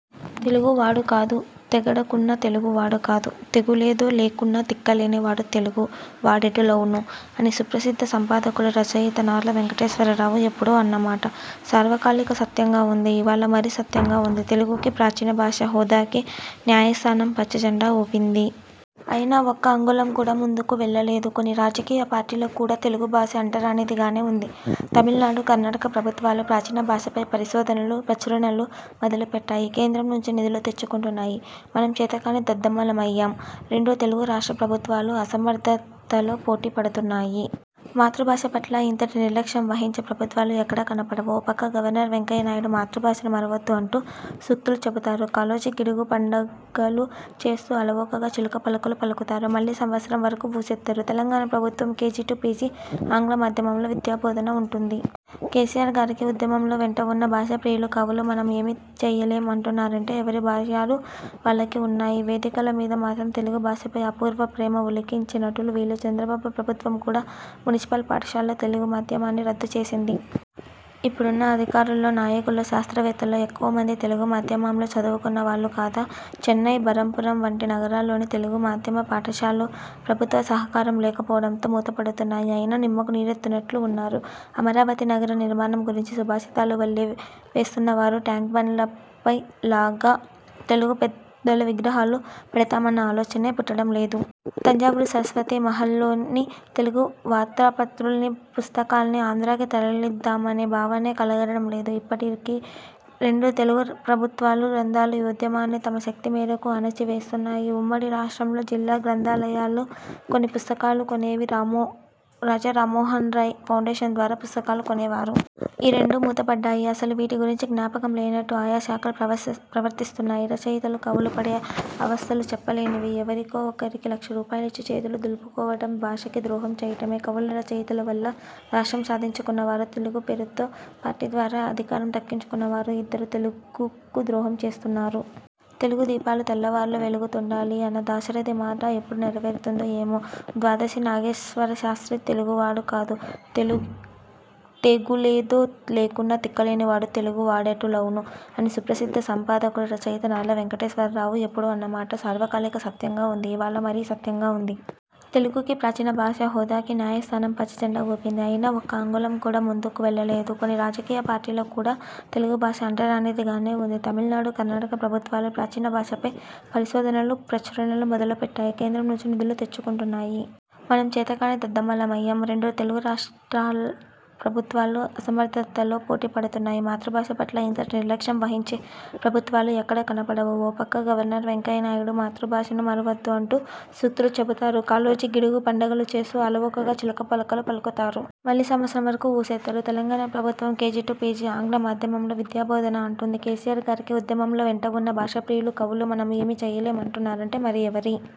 తెలుగు వాడు కాదు తెగడకున్న తెలుగు వాడు కాదు తెగులేదొ లేకున్న తిక్కలేని వాడు తెలుగు వాడెటులౌను! '' అని సుప్రసిద్ధ సంపాదకులు, రచయిత నార్ల వెంకటేశ్వరరావు ఎప్పుడో అన్నమాట సార్వకాలిక సత్యంగా వుంది ఇవాళ మరీ సత్యంగా వుంది. తెలుగుకి ప్రాచీన భాష హోదాకి న్యాయస్థానం పచ్చజెండా ఊపింది. అయినా ఒక్క అంగుళం కూడా ముందుకు వెళ్ళలేదు. కొన్ని రాజకీయ పార్టీలకు కూడా తెలుగు భాష అంటరానిది గానే వుంది. తమిళనాడు, కర్ణాటక ప్రభుత్వాలు ప్రాచీన భాషపై పరిశోధనలు, ప్రచురణలు మొదలుపెట్టాయి. కేంద్రం నుంచి నిధులు తెచ్చుకుంటున్నాయి. మనం చేతకాని దద్దమ్మలయ్యాం. రెండు తెలుగు రాష్ట్ర ప్రభుత్వాలు అసమర్థతలో పోటీ పడుతున్నాయి. మాతృభాష పట్ల ఇంతటి నిర్లక్ష్యం వహించే ప్రభుత్వాలు ఎక్కడా కనపడవు. ఓ పక్క గవర్నర్, వెంకయ్య నాయుడు మాతృభాషను మరువొద్దు అంటూ సూక్తులు చెబుతారు. కాళోజీ, గిడుగు పండగలు చేస్తూ అలవోకగా చిలుక పలుకులు పలుకుతారు. మళ్ళీ సంవత్సరం వరకు ఊసెత్తరు. తెలంగాణ ప్రభుత్వం కేజీ టు పీజీ ఆంగ్ల మాధ్యమంలో విద్యాబోధన అంటుంది. కేసీఆర్ గారికి ఉద్యమంలో వెంటవున్న భాషా ప్రియులు, కవులు 'మనం ఏమీ చెయ్యలేం' అంటున్నారంటే ఎవరి భయాలు వాళ్ళకి వున్నాయి. వేదికల మీద మాత్రం తెలుగు భాషపై అపూర్వ ప్రేమ ఒలికించే నటులు వీళ్ళు! చంద్రబాబు ప్రభుత్వం కూడా మునిసిపల్ పాఠశాలల్లో తెలుగు మాధ్యమాన్ని రద్దు చేసింది. ఇప్పుడున్న అధికారుల్లో, నాయకుల్లో, శాస్త్రవేత్తల్లో ఎక్కువమంది తెలుగు మాధ్యమంలో చదువుకున్న వాళ్ళు కాదా? చెన్నై, బరంపురం వంటి నగరాల్లోని తెలుగు మాధ్యమ పాఠశాలలు ప్రభుత్వ సహకారం లేకపోవడంతో మూతపడుతున్నాయి. అయినా నిమ్మకు నీరెత్తినట్లు ఉన్నారు. అమరావతి నగర నిర్మాణం గురించి సుభాషితాలు వల్లె వేస్తున్నవారు ట్యాంక్బండ్పై లాగా తెలుగు పెద్దల విగ్రహాలు పెడదామన్న ఆలోచనే పుట్టడం లేదు. తంజావూరు సరస్వతీ మహల్లోని తెలుగు వ్రాతప్రతుల్ని, పుస్తకాల్ని ఆంధ్రాకి తరలిద్దామనే భావనే కలగడంలేదు. ఇప్పటి రెండు తెలుగు ప్రభుత్వాలు గ్రంథాల యోద్యమాన్ని తమ శక్తి మేరకు అణచి వేస్తున్నాయి. ఉమ్మడి రాష్ట్రంలో జిల్లా గ్రంథాలయాలు కొన్ని పుస్తకాలు కొనేవి. రాజా రామ్మోహన్రాయ్ ఫౌండేషన్ ద్వారా పుస్తకాలు కొనేవారు. ఈ రెండూ మూతపడ్డాయి. అసలు వీటి గురించి జ్ఞాపకం లేనట్టు ఆయా శాఖలూ ప్రవర్తిస్తున్నాయి. రచయితలు, కవులు పడే అవస్థలు చెప్పలేనివి. ఎవరికో ఒకరికి లక్ష రూపాయలిచ్చి చేతులు దులుపుకోవటం భాషకి ద్రోహం చెయ్యటమే. కవులు, రచయితల వల్ల రాష్ట్రం సాధించుకున్న వారూ, తెలుగు పేరుతో పార్టీ ద్వారా అధికారం దక్కించుకున్న వారూ ఇద్దరూ తెలుగుకు ద్రోహం చేస్తున్నారు. 'తెలుగు దీపాలు తెల్లవార్లూ వెలుగుతుండాలి' అన్న దాశరథి మాట ఎప్పుడు నెరవేరుతుందో ఏమో! ద్వాదశి నాగేశ్వర శాస్త్రి తెలుగువాడు కాదు తెగులేదొ లేకున్న తిక్కలేని వాడు తెలుగు వాడెటులౌను! '' అని సుప్రసిద్ధ సంపాదకులు, రచయిత నార్ల వెంకటేశ్వరరావు ఎప్పుడో అన్నమాట సార్వకాలిక సత్యంగా వుంది ఇవాళ మరీ సత్యంగా వుంది. తెలుగుకి ప్రాచీన భాష హోదాకి న్యాయస్థానం పచ్చజెండా ఊపింది. అయినా ఒక్క అంగుళం కూడా ముందుకు వెళ్ళలేదు. కొన్ని రాజకీయ పార్టీలకు కూడా తెలుగు భాష అంటరానిదిగానే వుంది. తమిళనాడు, కర్ణాటక ప్రభుత్వాలు ప్రాచీన భాషపై పరిశోధనలు, ప్రచురణలు మొదలు పెట్టాయి. కేంద్రం నుంచి నిధులు తెచ్చుకుంటున్నాయి. మనం చేతకాని దద్దమ్మలయ్యాం. రెండు తెలుగు రాష్ట్ర ప్రభుత్వాలు అసమర్థతలో పోటీ పడుతున్నాయి. మాతృభాష పట్ల ఇంతటి నిర్లక్ష్యం వహించే ప్రభుత్వాలు ఎక్కడా కనపడవు. ఓ పక్క గవర్నర్, వెంకయ్య నాయుడు మాతృభాషను మరువొద్దు అంటూ సూక్తులు చెబుతారు. కాళోజీ, గిడుగు పండగలు చేస్తూ అలవోకగా చిలుక పలుకులు పలుకుతారు. మళ్ళీ సంవత్సరం వరకు ఊసెత్తరు. తెలంగాణ ప్రభుత్వం కేజీ టు పీజీ ఆంగ్ల మాధ్యమంలో విద్యాబోధన అంటుంది. కేసీఆర్ గారికి ఉద్యమంలో వెంటవున్న భాషా ప్రియులు, కవులు 'మనం ఏమీ చెయ్యలేం' అంటున్నారంటే ఎవరి